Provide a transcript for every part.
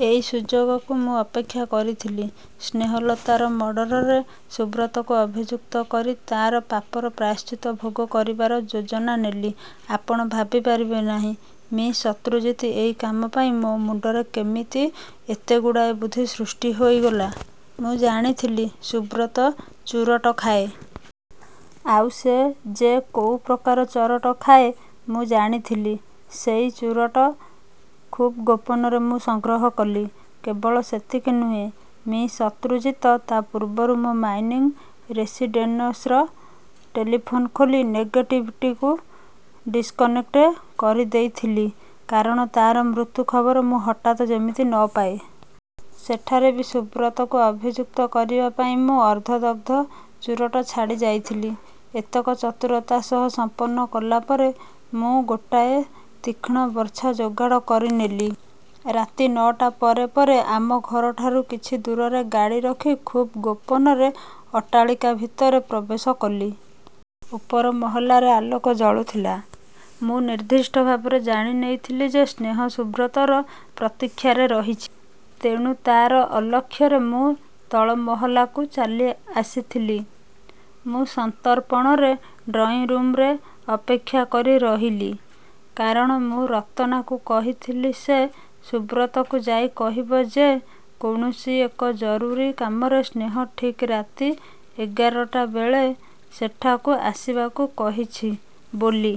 ' ଏଇ ସୁଯୋଗକୁ ମୁଁ ଅପେକ୍ଷା କରିଥିଲି। ସ୍ନେହଲତାର ମର୍ଡରରେ ସୁବ୍ରତକୁ ଅଭିଯୁକ୍ତ କରି ତା'ର ପାପର ପ୍ରାୟଶ୍ଚିତ୍ତ ଭୋଗ କରିବାର ଯୋଜନା ନେଲି। ଆପଣ ଭାବିପାରିବେ ନାହିଁ, ମି:ଶତ୍ରୁଜିତ, ଏଇ କାମ ପାଇଁ ମୋ ମୁଣ୍ଡରେ କେମିତି ଏତେଗୁଡ଼ାଏ ବୁଦ୍ଧି ସୃଷ୍ଟି ହେଇଗଲା। ମୁଁ ଜାଣିଥିଲି, ସୁବ୍ରତ ଚୂରଟ ଖାଏ। ଆଉ ସେ ଯେ କୋଉ ପ୍ରକାର ଚରଟ ଖାଏ ମୁଁ ଜାଣିଥିଲି। ସେଇ ଚୂରଟ ଖୁବ୍ ଗୋପନରେ ମୁଁ ସଂଗ୍ରହ କଲି। କେବଳ ସେତିକି ନୁହେଁ, ମି ଶତ୍ରୁଜିତ, ତା ପୂର୍ବରୁ ମୋର ମାଇନିଂ ରେସିଡ଼େନସ୍ର ଟେଲିଫୋନ ଖୋଲି ନେଗେଟିଭ୍ଟିକୁ ଡିସକନେକ୍ଟ କରିଦେଇଥିଲି। କାରଣ ତା'ର ମୃତ୍ୟୁ ଖବର ମୁ ହଠାତ୍ ଯେମିତି ନ ପାଏ। ସେଠାରେ ବି ସୁବ୍ରତକୁ ଅଭିଯୁକ୍ତ କରିବାପାଇଁ ମୁଁ ଅର୍ଦ୍ଧଦଗ୍ଧ ଚୁରଟ ଛାଡ଼ିଯାଇଥିଲି। ଏତକ ଚତୁରତାସହ ସମ୍ପନ୍ନ କଲା ପରେ ମୁଁ ଗୋଟାଏ ତୀକ୍ଷ୍ଣ ବର୍ଚ୍ଛା ଯୋଗାଡ଼ କରିନେଲି। ରାତି ନଅଟା ପରେ ପରେ ଆମ ଘରଠାରୁ କିଛି ଦୂରରେ ଗାଡ଼ି ରଖି ଖୁବ୍ ଗୋପନରେ ଅଟ୍ଟାଳିକା ଭିତରେ ପ୍ରବେଶ କଲି। ଉପର ମହଲାରେ ଆଲୋକ ଜଳୁଥିଲା। ମୁଁ ନିର୍ଦ୍ଦିଷ୍ଟ ଭାବରେ ଜାଣିନେଇଥିଲି ଯେ ସ୍ନେହ ସୁବ୍ରତର ପ୍ରତୀକ୍ଷାରେ ରହିଛି। ତେଣୁ ତା'ର ଅଲକ୍ଷ୍ୟରେ ମୁଁ ତଳ ମହଲାକୁ ଆସିଥିଲି। ମୁଁ ସନ୍ତର୍ପଣରେ ଡ୍ରଇଂରୁମରେ ଅପେକ୍ଷା କରି ରହିଲି। କାରଣ ମୁଁ ରତନାକୁ କହିଥିଲି ସେ ସୁବ୍ରତକୁ ଯାଇ କହିବ ଯେ କୌଣସି ଏକ ଜରୁରୀ କାମରେ ସ୍ନେହ ଠିକ ରାତି ଏଗାରଟା ବେଳେ ସେଠାକୁ ଆସିବାକୁ କହିଛି ବୋଲି।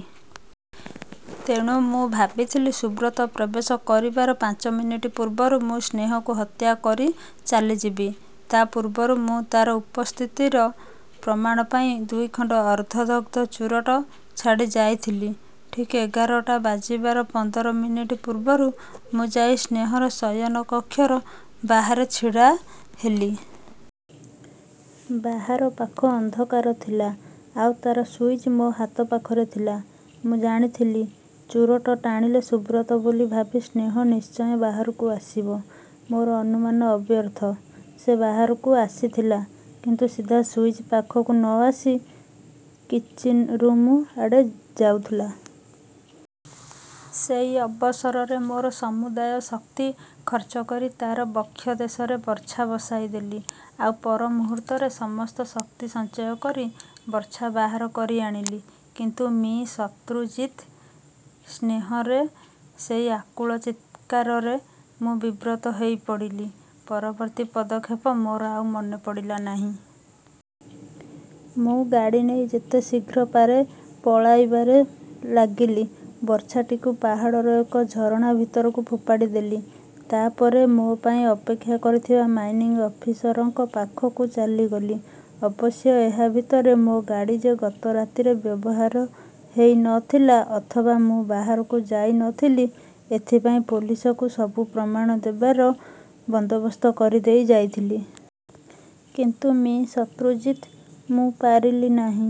ତେଣୁ ମୁଁ ଭାବିଥିଲି ସୁବ୍ରତ ପ୍ରବେଶ କରିବାର ପାଞ୍ଚମିନିଟ୍ ପୂର୍ବରୁ ମୁଁ ସ୍ନେହକୁ ହତ୍ୟା କରି ଚାଲିଯିବି। ତା ପୂର୍ବରୁ ମୁଁ ତା'ର ଉପସ୍ଥିତିର ପ୍ରମାଣ ପାଇଁ ଦୁଇଖଣ୍ଡ ଅର୍ଦ୍ଧଦଗ୍ଧ ଚୁରଟ ଛାଡ଼ିଯାଇଥିଲି। 'ଠିକ୍ ଏଗାରଟା ବାଜିବାର ପନ୍ଦର ମିନିଟ୍ ପୂର୍ବରୁ ମୁଁ ଯାଇ ସ୍ନେହର ଶୟନକକ୍ଷର ବାହାରେ ଛିଡ଼ା ହେଲି। ବାହାର ପାଖ ଅନ୍ଧକାର ଥିଲା, ଆଉ ତା'ର ସୁଇଚ୍ ମୋ ହାତ ପାଖରେ ଥିଲା। ମୁଁ ଜାଣିଥିଲି, ଚୁରଟ ଟାଣିଲେ ସୁବ୍ରତ ବୋଲି ଭାବି ସ୍ନେହ ନିଶ୍ଚୟ ବାହାରକୁ ଆସିବ। ମୋର ଅନୁମାନ ଅବ୍ୟର୍ଥ। ସେ ବାହାରକୁ ଆସିଥିଲା। କିନ୍ତୁ ସିଧା ସୁଇଚ୍ ପାଖକୁ ନ ଆସି କିଚିନରୁମ ଆଡ଼େ ଯାଉଥିଲା। ସେଇ ଅବସରରେ ମୋର ସମୁଦାୟ ଶକ୍ତି ଖର୍ଚ୍ଚକରି ତା'ର ବକ୍ଷ ଦେଶରେ ବର୍ଚ୍ଛା ବସାଇଦେଲି। ଆଉ ପର ମୁହୂର୍ତ୍ତରେ ସମସ୍ତ ଶକ୍ତି ସଞ୍ଚୟ କରି ବର୍ଚ୍ଛା ବାହାର କରି ଆଣିଲି। 'କିନ୍ତୁ ମି: ଶତ୍ରୁଜିତ୍, ସ୍ନେହରେ ସେଇ ଆକୁଳ ଚିତ୍କାରରେ ମୁଁ ବିବ୍ରତ ହେଇପଡ଼ିଲି। ପରବର୍ତ୍ତୀ ପଦକ୍ଷେପ ମୋର ଆଉ ମନେପଡ଼ିଲା ନାହିଁ। ମୁଁ ଗାଡ଼ି ନେଇ ଯେତେ ଶୀଘ୍ର ପାରେ ପଳାଇବାରେ ଲାଗିଲି। ବର୍ଚ୍ଛାଟିକୁ ପାହାଡ଼ର ଏକ ଝରଣା ଭିତରକୁ ଫୋପାଡ଼ିଦେଲି। ତା'ପରେ ମୋ ପାଇଁ ଅପେକ୍ଷା କରିଥିବା ମାଇନିଂ ଅଫିସରଙ୍କ ପାଖକୁ ଚାଲିଗଲି। ଅବଶ୍ୟ ଏହା ଭିତରେ ମୋ ଗାଡ଼ି ଯେ ଗତ ରାତିରେ ବ୍ୟବହାର ହେଇ ନଥିଲା ଅଥବା ମୁଁ ବାହାରକୁ ଯାଇ ନ ଥିଲି ଏଥିପାଇଁ ପୋଲିସକୁ ସବୁ ପ୍ରମାଣ ଦେବାର ବନ୍ଦୋବସ୍ତ କରି ଦେଇ ଯାଇଥିଲି। 'କିନ୍ତୁ ମି: ଶତ୍ରୁଜିତ୍, ମୁଁ ପାରିଲି ନାହିଁ।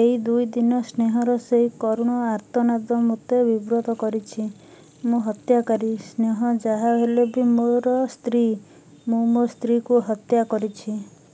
ଏଇ ଦୁଇଦିନ ସ୍ନେହର ସେଇ କରୁଣ ଆର୍ତ୍ତନାଦ ମୋତେ ବିବ୍ରତ କରିଛି। ମୁଁ ହତ୍ୟାକାରୀ। ସ୍ନେହ ଯାହା ହେଲେ ବି ମୋର ସ୍ତ୍ରୀ। ମୁଁ ମୋ ସ୍ତ୍ରୀକୁ ହତ୍ୟା କରିଛି।